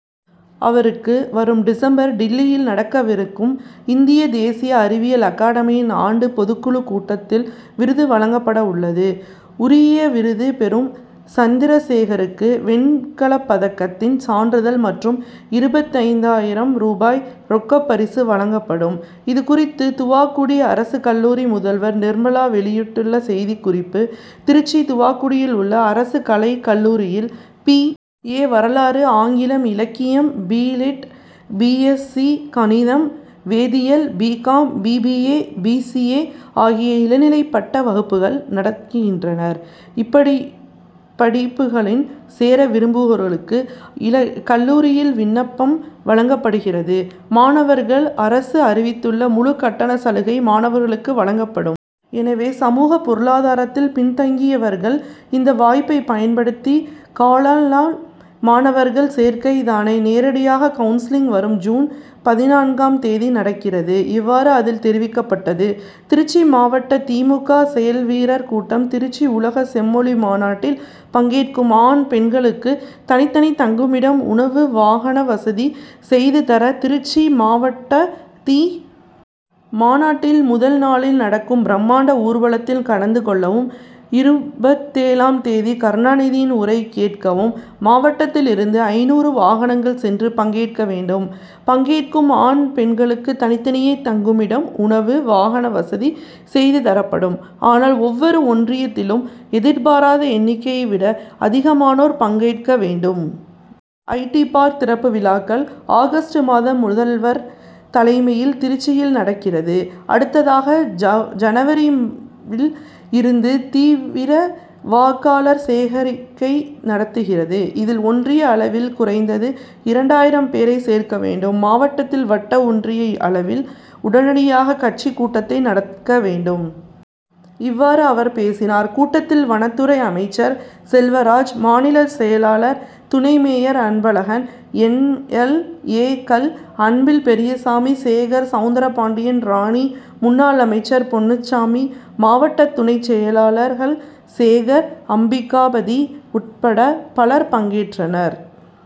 அவருக்கு, வரும் டிசம்பர் டில்லியில் நடக்கவிருக்கும் இந்திய தேசிய அறிவியல் அகாடமியின் ஆண்டு பொதுக்குழு கூட்டத்தில் விருது வழங்கப்பட உள்ளது. உரிய விருது பெறும் சந்திரசேகருக்கு, வெண்கலப்பதக்கம், சான்றிதழ் மற்றும் இருபத்தைந்தாயிரம் ரூபாய் ரொக்கப்பரிசும் வழங்கப்படும். இதுகுறித்து துவாக்குடி அரசு கல்லூரி முதல்வர் நிர்மலா வெளியிட்டுள்ள செய்திக்குறிப்பு திருச்சி துவாக்குடியில் உள்ள அரசு கலைக்கல்லூரியில், பி. ஏ., வரலாறு, ஆங்கில இலக்கியம், B. Lit., B. S. C. கணிதம், வேதியியல், B. Com., B. B. A., B. C. A ஆகிய இளநிலை பட்ட வகுப்புகள் நடக்கின்றன. இப்படி படிப்புகளுக்கு சேர விரும்புவோருக்கு கல்லூரியில் விண்ணப்பம் வழங்கப்படுகிறது. மாணவர்கள் அரசு அறிவித்துள்ள முழு கட்டண சலுகை மாணவர்களுக்கு வழங்கப்படும். எனவே, சமூகப் பொருளாதாரத்தில் பின்தங்கியவர்கள் இந்த வாய்ப்பை பயன்படுத்தி காலாம். மாணவர் சேர்க்கைக்கான நேரடி கவுன்சலிங் வரும் ஜூன் பதினான்காம் தேதி நடக்கிறது. இவ்வாறு அதில் தெரிவிக்கப்பட்டுள்ளது. திருச்சி மாவட்ட தி. மு. க., செயல்வீரர் கூட்டம் திருச்சி உலக செம்மொழி மாநாட்டில் பங்கேற்கும், ஆண், பெண்களுக்கு, தனித்தனி தங்குமிடம், உணவு, வாகன வசதி செய்து தர திருச்சி மாவட்ட தி. மாநாட்டின் முதல்நாளில் நடக்கும் பிரமாண்ட ஊர்வலத்தில் கலந்து கொள்ளவும், இருபத்தேழாம் தேதி கருணாநிதியின் உரை கேட்கவும் மாவட்டத்தில் இருந்து ஐந்நூறு வாகனங்கள் சென்று பங்கேற்கவேண்டும். பங்கேற்கும் ஆண், பெண்களுக்கு தனித்தனி தங்குமிடம், உணவு, வாகன வசதி செய்து தரப்படும். அதனால், ஒவ்வொரு ஒன்றியத்திலும் எதிர்பார்த்த எண்ணிக்கைவிட அதிகமானோர் பங்கேற்க வேண்டும். ஐ. டி., பார்க் திறப்பு விழாக்கள், ஆகஸ்ட் மாதம் முதல்வர் தலைமையில் திருச்சியில் நடக்கிறது. அடுத்ததாக, ஜ ஜனவரியில் இருந்து தீவிர வாக்காளர் சேர்க்கை நடக்கிறது. இதில் ஒன்றிய அளவில் குறைந்தது இரண்டாயிரம் பேரை சேர்க்கவேண்டும். மாவட்டத்தில், வட்ட, ஒன்றிய அளவில் உடனடியாக கட்சிக் கூட்டத்தை நடக்கவேண்டும். இவ்வாறு அவர் பேசினார். கூட்டத்தில், வனத்துறை அமைச்சர் செல்வராஜ், மாநகர செயலாளர் துணைமேயர் அன்பழகன், எம். எல். ஏ.,க்கள் அன்பில் பெரியசாமி, சேகரன், சௌந்தரபாண்டியன், ராணி, முன்னாள் அமைச்சர் பொன்னுச்சாமி, மாவட்டத் துணைச் செயலாளர்கள் சேகர், அம்பிகாபதி உட்பட பலர் பங்கேற்றனர்.